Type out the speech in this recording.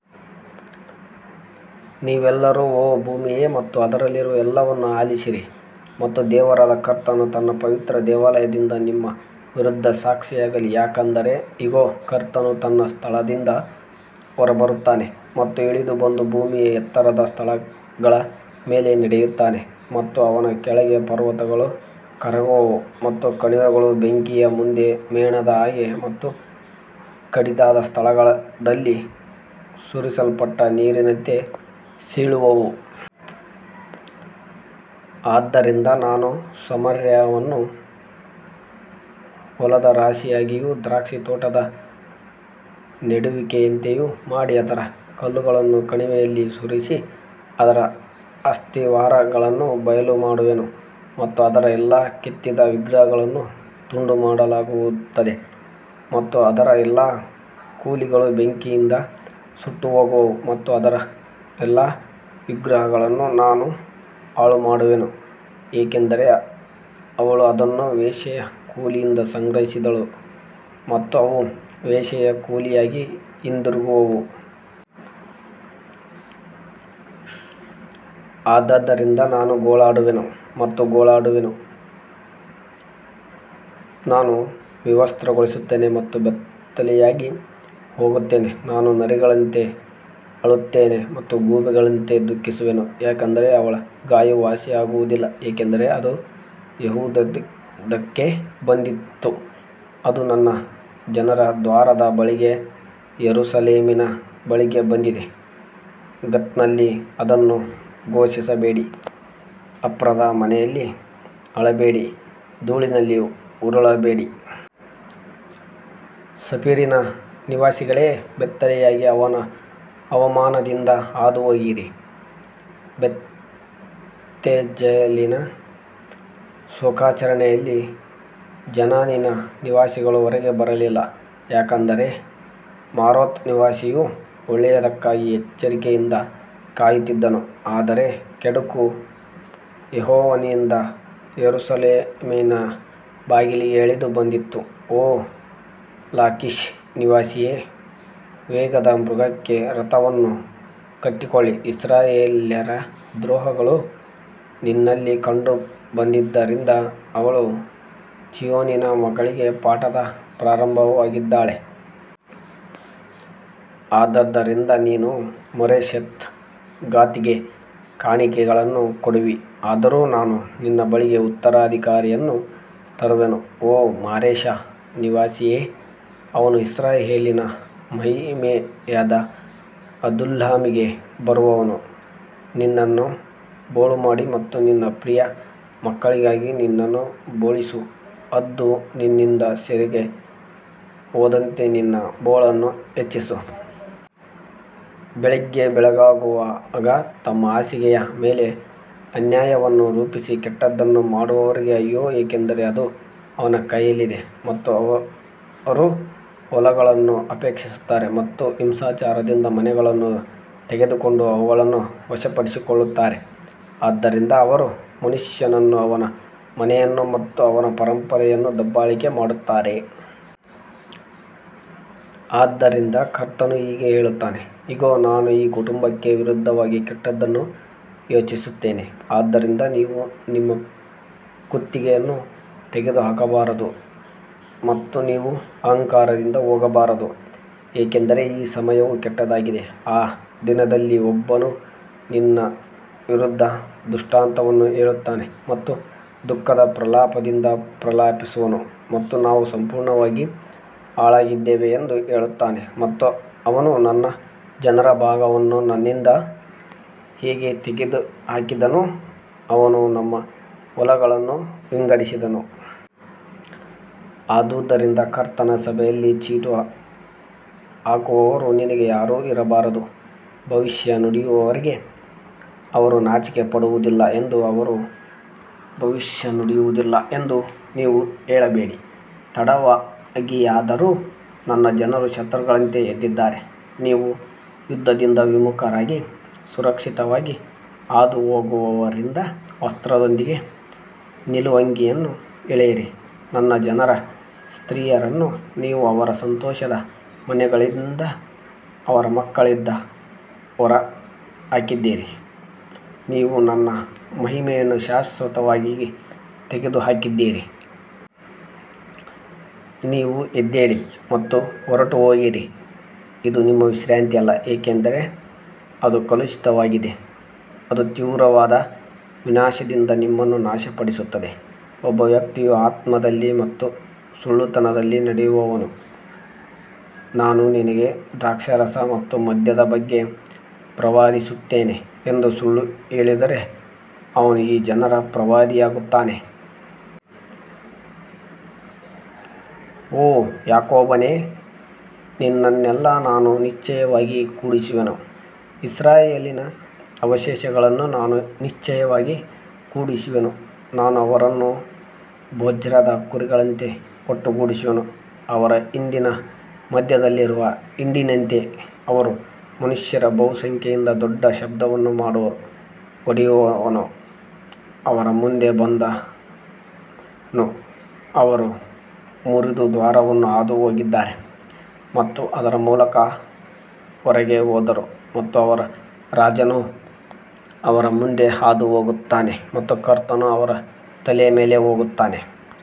ನೀವೆಲ್ಲರೂ ಓ ಭೂಮಿಯೇ ಮತ್ತು ಅದರಲ್ಲಿರುವ ಎಲ್ಲವನ್ನೂ ಆಲಿಸಿರಿ ಮತ್ತು ದೇವರಾದ ಕರ್ತನು ತನ್ನ ಪವಿತ್ರ ದೇವಾಲಯದಿಂದ ನಿಮ್ಮ ವಿರುದ್ಧ ಸಾಕ್ಷಿಯಾಗಲಿ ಯಾಕಂದರೆ ಇಗೋ, ಕರ್ತನು ತನ್ನ ಸ್ಥಳದಿಂದ ಹೊರಬರುತ್ತಾನೆ ಮತ್ತು ಇಳಿದು ಬಂದು ಭೂಮಿಯ ಎತ್ತರದ ಸ್ಥಳಗಳ ಮೇಲೆ ನಡೆಯುತ್ತಾನೆ ಮತ್ತು ಅವನ ಕೆಳಗೆ ಪರ್ವತಗಳು ಕರಗುವವು ಮತ್ತು ಕಣಿವೆಗಳು ಬೆಂಕಿಯ ಮುಂದೆ ಮೇಣದ ಹಾಗೆ ಮತ್ತು ಕಡಿದಾದ ಸ್ಥಳದಲ್ಲಿ ಸುರಿಸಲ್ಪಟ್ಟ ನೀರಿನಂತೆ ಸೀಳುವವು. ಆದದರಿಂದ ನಾನು ಸಮಾರ್ಯವನ್ನು ಹೊಲದ ರಾಶಿಯಾಗಿಯೂ ದ್ರಾಕ್ಷಿತೋಟದ ನೆಡುವಿಕೆಯಂತೆಯೂ ಮಾಡಿ ಅದರ ಕಲ್ಲುಗಳನ್ನು ಕಣಿವೆಯಲ್ಲಿ ಸುರಿಸಿ ಅದರ ಅಸ್ತಿವಾರಗಳನ್ನು ಬಯಲುಮಾಡುವೆನು. ಮತ್ತು ಅದರ ಎಲ್ಲಾ ಕೆತ್ತಿದ ವಿಗ್ರಹಗಳನ್ನು ತುಂಡುಮಾಡಲಾಗುತ್ತದೆ ಮತ್ತು ಅದರ ಎಲ್ಲಾ ಕೂಲಿಗಳು ಬೆಂಕಿಯಿಂದ ಸುಟ್ಟುಹೋಗುವವು ಮತ್ತು ಅದರ ಎಲ್ಲಾ ವಿಗ್ರಹಗಳನ್ನು ನಾನು ಹಾಳುಮಾಡುವೆನು ಏಕೆಂದರೆ ಅವಳು ಅದನ್ನು ವೇಶ್ಯೆಯ ಕೂಲಿಯಿಂದ ಸಂಗ್ರಹಿಸಿದಳು ಮತ್ತು ಅವು ವೇಶ್ಯೆಯ ಕೂಲಿಯಾಗಿ ಹಿಂದಿರುಗುವವು. ಆದದರಿಂದ ನಾನು ಗೋಳಾಡುವೆನು ಮತ್ತು ಗೋಳಾಡುವೆನು, ನಾನು ವಿವಸ್ತ್ರಗೊಳ್ಳುತ್ತೇನೆ ಮತ್ತು ಬೆತ್ತಲೆಯಾಗಿ ಹೋಗುತ್ತೇನೆ, ನಾನು ನರಿಗಳಂತೆ ಅಳುತ್ತೇನೆ ಮತ್ತು ಗೂಬೆಗಳಂತೆ ದುಃಖಿಸುವೆನು, ಯಾಕಂದರೆ ಅವಳ ಗಾಯವು ವಾಸಿಯಾಗುವುದಿಲ್ಲ, ಏಕೆಂದರೆ ಅದು ಯೆಹೂದಕ್ಕೆ ಬಂದಿತು, ಅದು ನನ್ನ ಜನರ ದ್ವಾರದ ಬಳಿಗೆ, ಯೆರೂಸಲೇಮಿನ ಬಳಿಗೆ ಬಂದಿದೆ. ಗತ್ನಲ್ಲಿ ಅದನ್ನು ಘೋಷಿಸಬೇಡಿ, ಅಫ್ರದ ಮನೆಯಲ್ಲಿ ಅಳಬೇಡಿ, ಧೂಳಿನಲ್ಲಿ ಉರುಳಬೇಡಿ. ಸಫೀರಿನ ನಿವಾಸಿಗಳೇ, ಬೆತ್ತಲೆಯಾಗಿ ಅವಮಾನದಿಂದ ಹಾದುಹೋಗಿರಿ, ಬೆತ್ತೇಜಲಿನ ಶೋಕಾಚರಣೆಯಲ್ಲಿ ಜಾನಾನಿನ ನಿವಾಸಿಗಳು ಹೊರಗೆ ಬರಲಿಲ್ಲ. ಯಾಕಂದರೆ ಮಾರೋತ್ ನಿವಾಸಿಯು ಒಳ್ಳೆಯದಕ್ಕಾಗಿ ಎಚ್ಚರಿಕೆಯಿಂದ ಕಾಯುತ್ತಿದ್ದನು, ಆದರೆ ಕೆಡುಕು ಯೆಹೋವನಿಂದ ಯೆರೂಸಲೇಮಿನ ಬಾಗಿಲಿಗೆ ಇಳಿದು ಬಂದಿತು. ಓ ಲಾಕಿಷ್ ನಿವಾಸಿಯೇ, ವೇಗದ ಮೃಗಕ್ಕೆ ರಥವನ್ನು ಕಟ್ಟಿಕೊಳ್ಳಿ, ಇಸ್ರಾಯೇಲ್ಯರ ದ್ರೋಹಗಳು ನಿನ್ನಲ್ಲಿ ಕಂಡುಬಂದಿದ್ದರಿಂದ ಅವಳು ಚೀಯೋನಿನ ಮಗಳಿಗೆ ಪಾಪದ ಪ್ರಾರಂಭವಾಗಿದ್ದಾಳೆ. ಆದದರಿಂದ ನೀನು ಮೋರೆಶೆತ್ ಗಾತಿಗೆ ಕಾಣಿಕೆಗಳನ್ನು ಕೊಡುವಿ, ಆದರೂ ನಾನು ನಿನ್ನ ಬಳಿಗೆ ಉತ್ತರಾಧಿಕಾರಿಯನ್ನು ತರುವೆನು, ಓ ಮಾರೇಷಾ ನಿವಾಸಿಯೇ, ಅವನು ಇಸ್ರಾಯೇಲಿನ ಮಹಿಮೆಯಾದ ಅದುಲ್ಲಾಮಿಗೆ ಬರುವನು. ನಿನ್ನನ್ನು ಬೋಳುಮಾಡಿ ಮತ್ತು ನಿನ್ನ ಪ್ರಿಯ ಮಕ್ಕಳಿಗಾಗಿ ನಿನ್ನನ್ನು ಬೋಳಿಸು, ಹದ್ದು ನಿನ್ನಿಂದ ಸೆರೆಗೆ ಹೋದಂತೆ ನಿನ್ನ ಬೋಳನ್ನು ಹೆಚ್ಚಿಸು. ಬೆಳಿಗ್ಗೆ ಬೆಳಗಾಗುವಾಗ ತಮ್ಮ ಹಾಸಿಗೆಯ ಮೇಲೆ ಅನ್ಯಾಯವನ್ನು ರೂಪಿಸಿ ಕೆಟ್ಟದ್ದನ್ನು ಮಾಡುವವರಿಗೆ ಅಯ್ಯೋ, ಏಕೆಂದರೆ ಅದು ಅವರ ಕೈಯಲ್ಲಿದೆ. ಮತ್ತು ಅವರು ಹೊಲಗಳನ್ನು ಅಪೇಕ್ಷಿಸುತ್ತಾರೆ ಮತ್ತು ಹಿಂಸಾಚಾರದಿಂದ ಮನೆಗಳನ್ನು ತೆಗೆದುಕೊಂಡು ಅವುಗಳನ್ನು ವಶಪಡಿಸಿಕೊಳ್ಳುತ್ತಾರೆ, ಆದ್ದರಿಂದ ಅವರು ಮನುಷ್ಯನನ್ನೂ ಅವನ ಮನೆಯನ್ನು ಮತ್ತು ಅವನ ಪರಂಪರೆಯನ್ನೂ ದಬ್ಬಾಳಿಕೆ ಮಾಡುತ್ತಾರೆ. ಆದದರಿಂದ ಕರ್ತನು ಹೀಗೆ ಹೇಳುತ್ತಾನೆ, ಇಗೋ, ನಾನು ಈ ಕುಟುಂಬಕ್ಕೆ ವಿರುದ್ಧವಾಗಿ ಕೆಟ್ಟದ್ದನ್ನು ಯೋಜಿಸುತ್ತೇನೆ, ಅದರಿಂದ ನೀವು ನಿಮ್ಮ ಕುತ್ತಿಗೆಯನ್ನು ತೆಗೆದುಹಾಕಬಾರದು ಮತ್ತು ನೀವು ಅಹಂಕಾರದಿಂದ ಹೋಗಬಾರದು, ಏಕೆಂದರೆ ಈ ಸಮಯವು ಕೆಟ್ಟದ್ದಾಗಿದೆ. ಆ ದಿನದಲ್ಲಿ ಒಬ್ಬನು ನಿನ್ನ ವಿರುದ್ಧ ದೃಷ್ಟಾಂತವನ್ನು ಹೇಳುತ್ತಾನೆ ಮತ್ತು ದುಃಖದ ಪ್ರಲಾಪದಿಂದ ಪ್ರಲಾಪಿಸುವನು ಮತ್ತು ನಾವು ಸಂಪೂರ್ಣವಾಗಿ ಹಾಳಾಗಿದ್ದೇವೆ ಎಂದು ಹೇಳುತ್ತಾನೆ ಮತ್ತು ಅವನು ನನ್ನ ಜನರ ಭಾಗವನ್ನು ನನ್ನಿಂದ ಹೇಗೆ ತೆಗೆದುಹಾಕಿದನು, ಅವನು ನಮ್ಮ ಹೊಲಗಳನ್ನು ವಿಂಗಡಿಸಿದನು. ಆದುದರಿಂದ ಕರ್ತನ ಸಭೆಯಲ್ಲಿ ಚೀಟು ಹಾಕುವವನು ನಿನಗೆ ಯಾರೂ ಇರಬಾರದು. ಭವಿಷ್ಯ ನುಡಿಯುವವರಿಗೆ ಅವರು ನಾಚಿಕೆಪಡುವುದಿಲ್ಲ ಎಂದು ಅವರು ಭವಿಷ್ಯ ನುಡಿಯುವುದಿಲ್ಲ ಎಂದು ನೀವು ಹೇಳಬೇಡಿ. ತಡವಾಗಿಯಾದರೂ ನನ್ನ ಜನರು ಶತ್ರುಗಳಂತೆ ಎದ್ದಿದ್ದಾರೆ, ನೀವು ಯುದ್ಧದಿಂದ ವಿಮುಖರಾಗಿ ಸುರಕ್ಷಿತವಾಗಿ ಹಾದುಹೋಗುವವರಿಂದ ವಸ್ತ್ರದೊಂದಿಗೆ ನಿಲುವಂಗಿಯನ್ನು ಎಳೆಯಿರಿ. ನನ್ನ ಜನರ ಸ್ತ್ರೀಯರನ್ನು ನೀವು ಅವರ ಸಂತೋಷದ ಮನೆಗಳಿಂದ, ಅವರ ಮಕ್ಕಳಿಂದ ಹೊರಹಾಕಿದ್ದೀರಿ, ನೀವು ನನ್ನ ಮಹಿಮೆಯನ್ನು ಶಾಶ್ವತವಾಗಿ ತೆಗೆದುಹಾಕಿದ್ದೀರಿ. ನೀವು ಎದ್ದೇಳಿ ಮತ್ತು ಹೊರಟುಹೋಗಿರಿ, ಇದು ನಿಮ್ಮ ವಿಶ್ರಾಂತಿಯಲ್ಲ, ಏಕೆಂದರೆ ಅದು ಕಲುಷಿತವಾಗಿದೆ, ಅದು ತೀವ್ರವಾದ ವಿನಾಶದಿಂದ ನಿಮ್ಮನ್ನು ನಾಶಪಡಿಸುತ್ತದೆ. ಒಬ್ಬ ವ್ಯಕ್ತಿಯು ಆತ್ಮದಲ್ಲಿ ಮತ್ತು ಸುಳ್ಳುತನದಲ್ಲಿ ನಡೆಯುವವನು, ನಾನು ನಿನಗೆ ದ್ರಾಕ್ಷಾರಸ ಮತ್ತು ಮದ್ಯದ ಬಗ್ಗೆ ಪ್ರವಾದಿಸುತ್ತೇನೆ ಎಂದು ಸುಳ್ಳು ಹೇಳಿದರೆ, ಅವನು ಈ ಜನರ ಪ್ರವಾದಿಯಾಗುತ್ತಾನೆ. ಓ ಯಾಕೋಬನೇ, ನಿನ್ನನ್ನೆಲ್ಲ ನಾನು ನಿಶ್ಚಯವಾಗಿ ಕೂಡಿಸುವೆನು, ಇಸ್ರಾಯೇಲಿನ ಅವಶೇಷಗಳನ್ನು ನಾನು ನಿಶ್ಚಯವಾಗಿ ಕೂಡಿಸುವೆನು, ನಾನು ಅವರನ್ನು ಬೊಜ್ರಾದ ಕುರಿಗಳಂತೆ ಒಟ್ಟುಗೂಡಿಸುವೆನು, ಅವರ ಹಿಂಡಿನ ಮಧ್ಯದಲ್ಲಿರುವ ಹಿಂಡಿನಂತೆ ಅವರು ಮನುಷ್ಯರ ಬಹುಸಂಖ್ಯೆಯಿಂದ ದೊಡ್ಡ ಶಬ್ದವನ್ನು ಮಾಡುವರು. ಒಡೆಯುವವನು ಅವರ ಮುಂದೆ ಬಂದನು, ಅವರು ಮುರಿದು ದ್ವಾರವನ್ನು ಹಾದು ಹೋಗಿದ್ದಾರೆ ಮತ್ತು ಅದರ ಮೂಲಕ ಹೊರಗೆ ಹೋದರು ಮತ್ತು ಅವರ ರಾಜನು ಅವರ ಮುಂದೆ ಹಾದು ಹೋಗುತ್ತಾನೆ ಮತ್ತು ಕರ್ತನು ಅವರ ತಲೆಯ ಮೇಲೆ ಹೋಗುತ್ತಾನೆ.